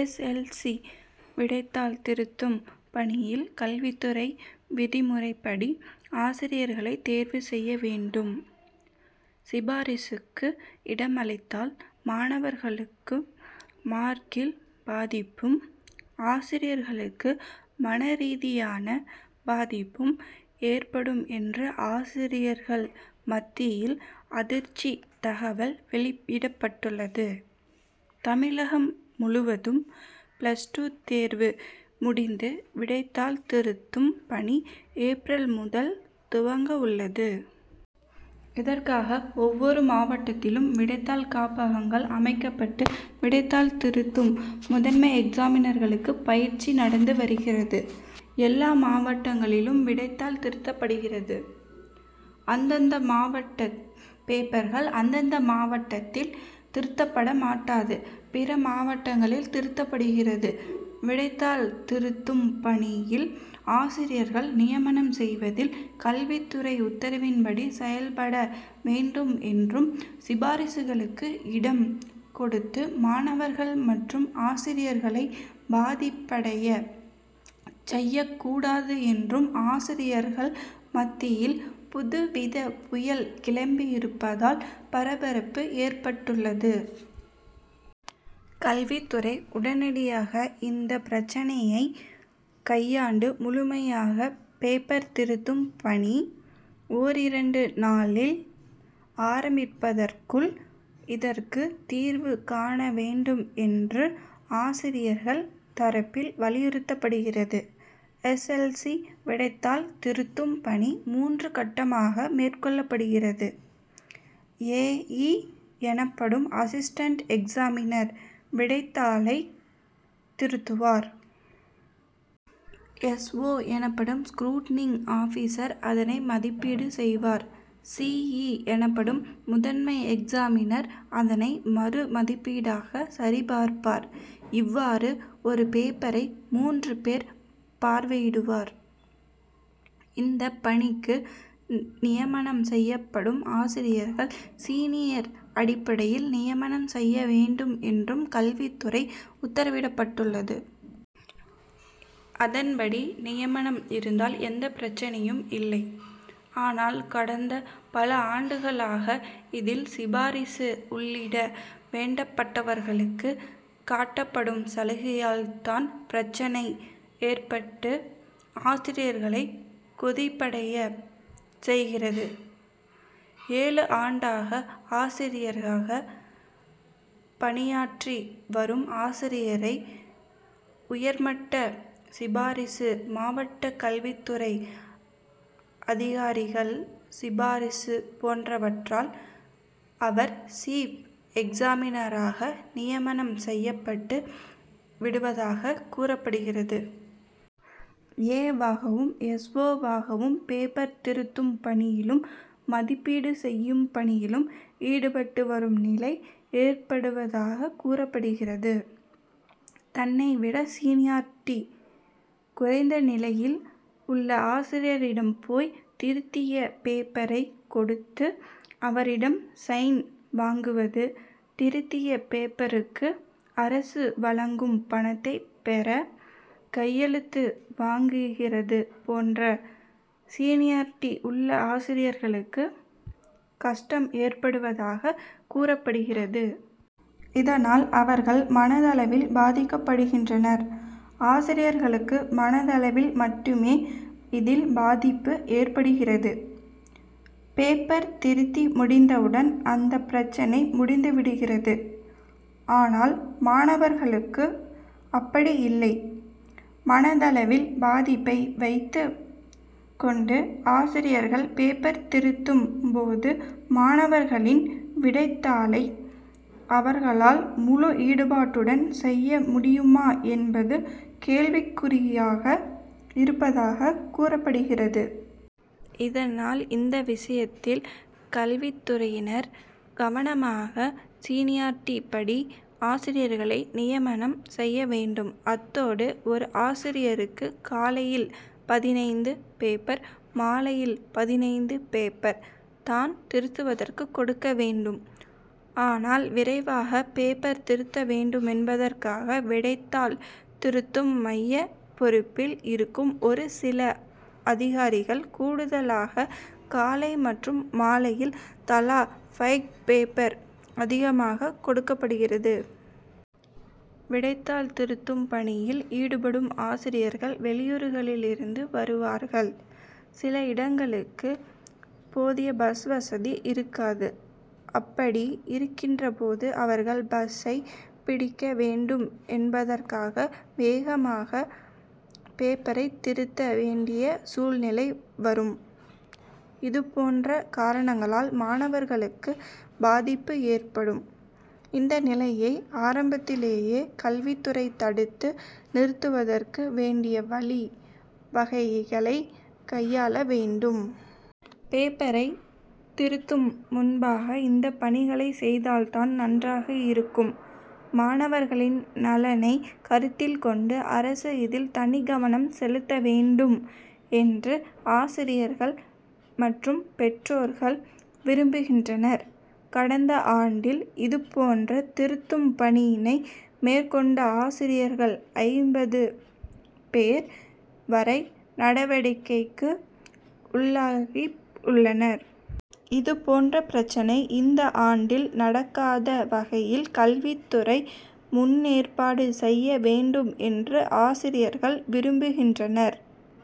S. L. C விடைத்தாள் திருத்தும் பணியில் கல்வித்துறை விதிமுறைப்படி ஆசிரியர்களை தேர்வு செய்ய வேண்டும். சிபாரிசுக்கு இடம் அளிப்பதால் மாணவர்களுக்கு மார்க்கில் பாதிப்பும் ஆசிரியர்களுக்கு மனரீதியான பாதிப்பும் ஏற்படும் என்று ஆசிரியர்கள் மத்தியில் அதிர்ச்சி தகவல் வெளியிடப்பட்டுள்ளது. தமிழகம் முழுவதும் பிளஸ் டூ தேர்வு முடிந்து விடைத்தாள் திருத்தும் பணி ஏப்ரல் முதல் துவங்க உள்ளது. இதற்காக ஒவ்வொரு மாவட்டத்திலும் விடைத்தாள் காப்பகங்கள் அமைக்கப்பட்டு விடைத்தாள் திருத்தும் முதன்மை எக்சாமினர்களுக்கு பயிற்சி நடந்து வருகிறது. எல்லா மாவட்டங்களிலும் விடைத்தாள் திருத்தப்படுகிறது. அந்தந்த மாவட்ட பேப்பர்கள் அந்தந்த மாவட்டத்தில் திருத்தப்படமாட்டாது. பிற மாவட்டங்களில் திருத்தப்படுகிறது. விடைத்தாள் திருத்தும் பணியில் ஆசிரியர்கள் நியமனம் செய்வதில் கல்வித்துறை உத்தரவுப்படி செயல்பட வேண்டும் என்றும் சிபாரிசுகளுக்கு இடம் கொடுத்து மாணவர்கள் மற்றும் ஆசிரியர்களை பாதிப்படைய செய்யக் கூடாது என்று ஆசிரியர்கள் மத்தியில் புதுவித புயல் கிளம்பியிருப்பதால் பரபரப்பு ஏற்பட்டுள்ளது. கல்வித்துறை உடனடியாக இந்த பிரச்னையை கையாண்டு முழுமையாக பேப்பர் திருத்தும் பணி ஒன்றிரண்டு நாளில் ஆரம்பிப்பதற்குள் இதற்கு தீர்வு காண வேண்டும் என்று ஆசிரிர்கள் தரப்பில் வலியுறுத்தப்படுகிறது. எஸ். எல். சி விடைத்தாள் திருத்தும் பணி மூன்று கட்டமாக மேற்கொள்ளப்படுகிறது. ஏ. இ எனப்படும் அசிஸ்டென்ட் எக்சாமினர் விடைத்தாளை திருத்துவார். எஸ். ஓ எனப்படும் ஸ்குரூட்னிங் ஆபிசர் அதனை மதிப்பீடு செய்வார். சி. இ எனப்படும் முதன்மை எக்சாமினர் அதனை மறு மதிப்பீடாக சரிபார்ப்பார். இவ்வாறு ஒரு பேப்பரை மூன்று பேர் பார்வையிடுவர். இந்த பணிகளுக்கு நியமனம் செய்யப்படும் ஆசிரியர்கள் சீனியார்டி அடிப்படையில் நியமனம் செய்ய வேண்டும் என்று கல்வித்துறை உத்தரவிட்டுள்ளது. அதன்படி நியமனம் இருந்தால் எந்த பிரச்னையும் இல்லை. ஆனால் கடந்த பல ஆண்டுகளாக இதில் சிபாரிசு உள்ளிட்ட வேண்டப்பட்டவர்களுக்கு காட்டப்படும் சலுகையால் தான் பிரச்னை ஏற்பட்டு ஆசிரியர்களை கொதிப்படைய செய்கிறது. ஏழு ஆண்டாக ஆசிரியராக பணியாற்றி வரும் ஆசிரியரை உயர்மட்ட சிபாரிசு மாவட்ட கல்வித்துறை அதிகாரிகள் சிபாரிசு போன்றவற்றால் அவர் சீப் எக்சாமினராக நியமனம் செய்யப்பட்டு விடுவதாக கூறப்படுகிறது. ஏ வாகவும் எஸ். ஓ வாகவும் பேப்பர் திருத்தும் பணியிலும், மதிப்பீடு செய்யும் பணியிலும் ஈடுபட்டு வரும் நிலை ஏற்படுவதாக கூறப்படுகிறது. தன்னை விட சீனியார்டி குறைந்த நிலையில் உள்ள ஆசிரியரிடம் போய் திருத்திய பேப்பரை கொடுத்து அவரிடம் சைன் வாங்குவதும், திருத்திய பேப்பருக்கு அரசு வழங்கும் பணத்தை பெற கையெழுத்து வாங்குகிற போதும் சீனியார்டி உள்ள ஆசிரியர்களுக்கு கஷ்டம் ஏற்படுவதாக கூறப்படுகிறது. இதனால் அவர்கள் மனதளவில் பாதிக்கப்படுகின்றனர். ஆசிரியர்களுக்கு மனதளவில் மட்டுமே இதில் பாதிப்பு ஏற்படுகிறது. பேப்பர் திருத்தி முடித்தவுடன் அந்த பிரச்னை முடிந்துவிடுகிறது. ஆனால் மாணவர்களுக்கு அப்படி இல்லை. மனதளவில் பாதிப்பை வைத்துக் கொண்டு ஆசிரியர்கள் பேப்பர் திருத்தும் போது மாணவர்களின் விடைத்தாளை அவர்களால் முழு ஈடுபாட்டுடன் செய்ய முடியுமா என்பது கேள்விக்குறியாகி இருப்பதாக கூறப்படுகிறது. இதனால் இந்த விஷயத்தில் கல்வித்துறையினர் கவனமாக சீனியார்டி படி ஆசிரியர்களை நியமனம் செய்ய வேண்டும். அதோடு ஒரு ஆசிரியருக்கு காலையில் பதினைந்து பேப்பர், மாலையில் பதினைந்து பேப்பர் தான் திருத்துவதற்கு கொடுக்க வேண்டும். ஆனால்விரைவாக பேப்பர் திருத்த வேண்டும் என்பதற்காக விடைத்தாள் திருத்தும் மைய பொறுப்பில் இருக்கும் ஒரு சில அதிகாரிகள் கூடுதலாக காலை மற்றும் மாலையில் தலா ஃபைவ் பேப்பர் அதிகமாக கொடுப்படுகிறது. விடைத்தாள் திருத்தும் பணியில் ஈடுபடும் ஆசிரியர்கள் வெளியூர்களில் இருந்து வருவார்கள். சில இடங்களுக்கு போதிய பஸ்வசதி இருக்காது. அப்படி இருக்கின்ற போது அவர்கள் பஸ்சை பிடிக்க வேண்டும் என்பதற்காக வேகமாக பேப்பரை திருத்த வேண்டிய சூழ்நிலை வரும். இதுபோன்ற காரணங்களால் மாணவர்களுக்கு பாதிப்பு ஏற்படும். இந்த நிலையை ஆரம்பத்திலே கல்வித்துறை தடுத்து நிறுத்துவதற்கு வேண்டிய வழி வகைகளை கையாள வேண்டும். பேப்பரை திருத்தும் முன்பாக இந்த பணிகளை செய்தால் தான் நன்றாக இருக்கும். மாணவர்களின் நலனை கருத்தில் கொண்டு அரசு இதில் தனிக்கவனம் செலுத்த வேண்டும் என்று ஆசிரியர்கள் மற்றும் பெற்றோர்கள் விரும்புகின்றனர். கடந்த ஆண்டில் இதுபோன்ற திருத்தும் பணியினை மேற்கொண்ட ஆசிரியர்கள் ஐம்பது பேர் வரை நடவடிக்கைகக்கு உள்ளாகியுள்ளனர். இதுபோன்ற பிரச்னை இந்த ஆண்டில் நடக்காத வகையில் கல்வித்துறை முன்னேற்பாடு செய்ய வேண்டும் என்றும் ஆசிரியர்கள் விரும்புகின்றனர்.